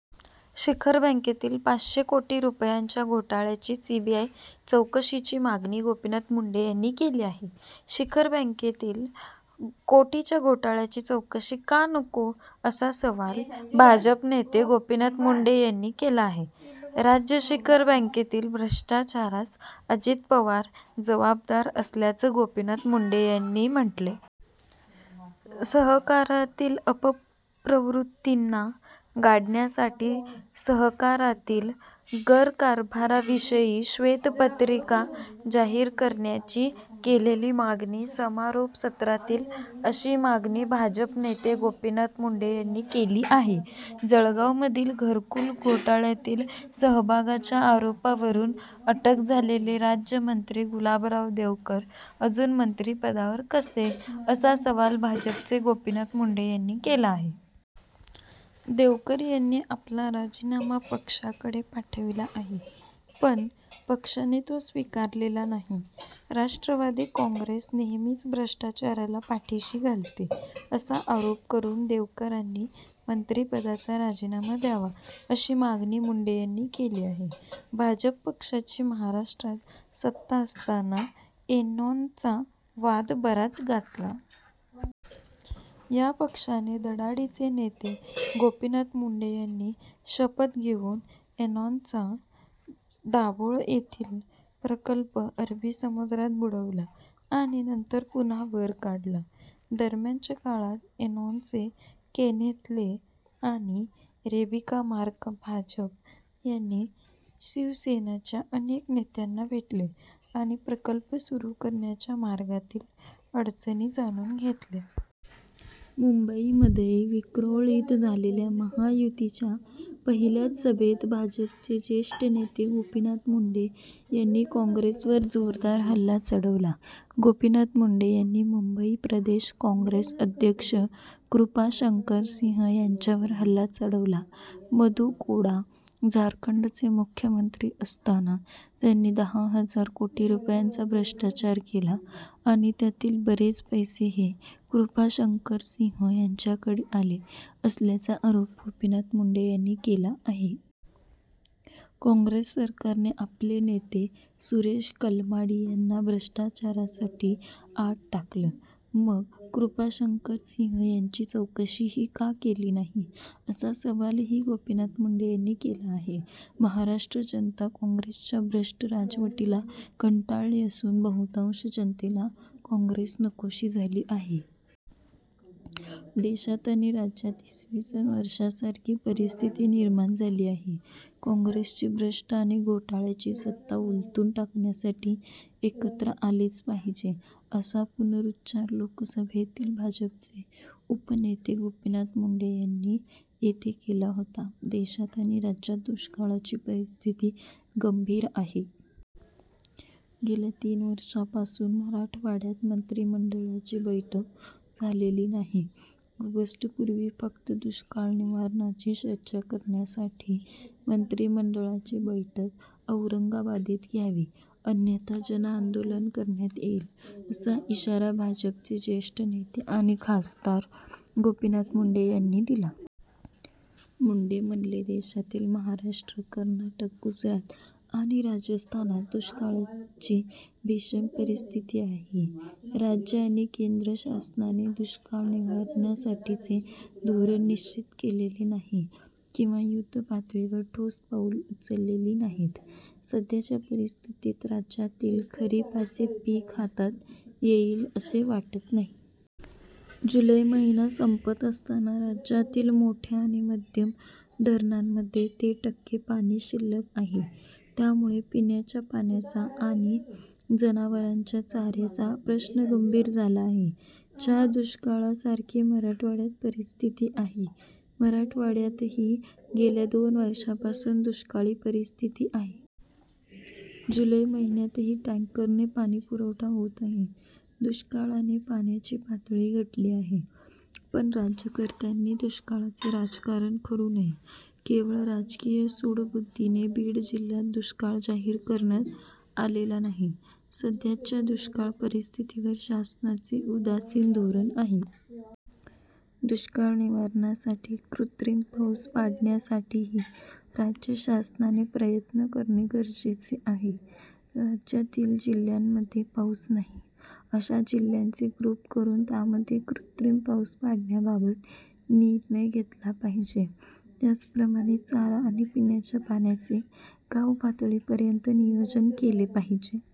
शिखर बँकेतील पाचशे कोटी रूपयांच्या घोटाळ्याची सीबीआय चौकशीची मागणी गोपीनाथ मुंडे यांनी केली आहे. शिखर बँकेतील कोटीच्या घोटाळ्याची चौकशी का नको? असा सवाल भाजप नेते गोपीनाथ मुंडे यांनी केला आहे. राज्य शिखर बँकेतील भ्रष्टाचारास अजित पवार जवाबदार असल्याचं गोपीनाथ मुंडे यांनी म्हटलंय. सहकारातील अपप्रवृत्तींना गाडण्यासाठी सहकारातील गरकारभाराविषयी श्वेतपत्रिका जाहीर करण्याची केलेली मागणी समारोप सत्रातील अशी मागणी भाजप नेते गोपीनाथ मुंडे यांनी केली आहे. जळगावमधील घरकुल घोटाळ्यातील सहभागाच्या आरोपावरून अटक झालेले राज्यमंत्री गुलाबराव देवकर अजून मंत्रिपदावर कसे, असा सवाल भाजपचे गोपीनाथ मुंडे यांनी केला आहे. देवकर यांनी आपला राजीनामा पक्षाकडे पाठविला आहे, पण पक्षाने तो स्वीकारलेला नाही. राष्ट्रवादी काँग्रेस नेहमीच भ्रष्टाचाराला पाठीशी घालते, असा आरोप करून देवकरांनी मंत्रिपदाचा राजीनामा द्यावा अशी मागणी मुंडे यांनी केली आहे. भाजप पक्षाची महाराष्ट्रात सत्ता असताना एन्रॉनचा वाद बराच गाजला. या पक्षाचे धडाडीचे नेते गोपीनाथ मुंडे यांनी शपथ घेऊन एन्रॉनचा दाभोळ येथील प्रकल्प अरबी समुद्रात बुडवला आणि नंतर पुन्हा वर काढला. दरम्यानच्या काळात एन्रॉनचे केनेथ ले आणि रिबेका मार्क भाजप आणि शिवसेनेच्या अनेक नेत्यांना भेटले आणि प्रकल्प सुरू करण्याच्या मार्गातील अडचणी जाणून घेतल्या. मुंबईमधये विक्रोळीत झालेल्या महायुतीच्या पहिल्याचं सभेत भाजपचे ज्येष्ठ नेते गोपीनाथ मुंडे यांनी काँग्रेसवर जोरदार हल्ला चढवला. गोपीनाथ मुंडे यांनी मुंबई प्रदेश काँग्रेस अध्यक्ष कृपाशंकर सिंह यांच्यावर हल्ला चढवला. मधू कोडा झारखंडचे मुख्यमंत्री असतांना त्यांनी दहा हजार कोटी रूपयांचा भ्रष्टाचार केला आणि त्यातील बरेच पैसे हे कृपाशंकरसिंह यांच्याकडे आले असल्याचा आरोप गोपीनाथ मुंडे यांनी केला आहे. काँग्रेस सरकारने आपले नेते सुरेश कलमाडी यांना भ्रष्टाचारासाठी आत टाकलं, मग कृपाशंकरसिंह यांची चौकशीही का केली नाही, असा सवालही गोपीनाथ मुंडे यांनी केला आहे. महाराष्ट्र जनता काँग्रेसच्या भ्रष्ट राजवटीला कंटाळली असून बहुतांश जनतेला काँग्रेस नकोशी झाली आहे. देशात आणि राज्यात इ. स. वर्षासारखी परिस्थिती निर्माण झाली आहे. काँग्रेसची भ्रष्ट आणि घोटाळ्याची सत्ता उलथून टाकण्यासाठी एकत्र आलेच पाहिजे', असा पुनरूच्चार लोकसभेतील भाजपचे उपनेते गोपीनाथ मुंडे यांनी येथे केला होता. देशात आणि राज्यात दुष्काळाची परिस्थिती गंभीर आहे. गेल्या तीन वर्षांपासून मराठवाड्यात मंत्रिमंडळाची बैठक झालेली नाही. ऑगस्टपूर्वी फक्त दुष्काळ निवारणाची चर्चा करण्यासाठी मंत्रिमंडळाची बैठक औरंगाबादेत घ्यावी अन्यथा जनआंदोलन करण्यात येईल असा इशारा भाजपचे ज्येष्ठ नेते आणि खासदार गोपीनाथ मुंडे यांनी दिला. मुंडे म्हणाले देशातील महाराष्ट्र, कर्नाटक, गुजरात आणि राजस्थानात दुष्काळाची भीषण परिस्थिती आहे. राज्य आणि केंद्र शासनाने दुष्काळ निवारणासाठीचे धोरण निश्चित केलेले नाही किंवा युद्धपातळीवर ठोस पाऊले उचललेली नाहीत. सध्याच्या परिस्थितीत राज्यातील खरिपाचे पीक हातात येईल असे वाटत नाही. जुलै महिना संपत असताना राज्यातील मोठ्या आणि मध्यम धरणांमध्ये ते टक्के पाणी शिल्लक आहे, त्यामुळे पिण्याच्या पाण्याचा आणि जनावरांच्या चाऱ्याचा प्रश्न गंभीर झाला आहे. च्या दुष्काळासारखी मराठवाड्यात परिस्थिती आहे. मराठवाड्यातही गेल्या दोन वर्षांपासून दुष्काळी परिस्थिती आहे. जुलै महिन्यातही टॅंकरने पाणी पुरवठा होत आहे. दुष्काळाने पाण्याची पातळी घटली आहे, पण राज्यकर्त्यांनी दुष्काळाचे राजकारण करू नये. केवळ राजकीय सूडबुद्धीने बीड जिल्ह्यात दुष्काळ जाहीर करण्यात आलेला नाही. सध्याच्या दुष्काळ परिस्थितीवर शासनाचे उदासीन धोरण आहे. दुष्काळ निवारणासाठी कृत्रिम पाऊस पाडण्यासाठीही राज्य शासनाने प्रयत्न करणे गरजेचे आहे. राज्यातील जिल्ह्यांमध्ये पाऊस नाही. अशा जिल्ह्यांचे ग्रुप करून त्यामध्ये कृत्रिम पाऊस पाडण्याबाबत निर्णय घेतला पाहिजे. त्याचप्रमाणे चारा आणि पिण्याच्या पाण्याचे गावपातळीपर्यंत नियोजन केले पाहिजे.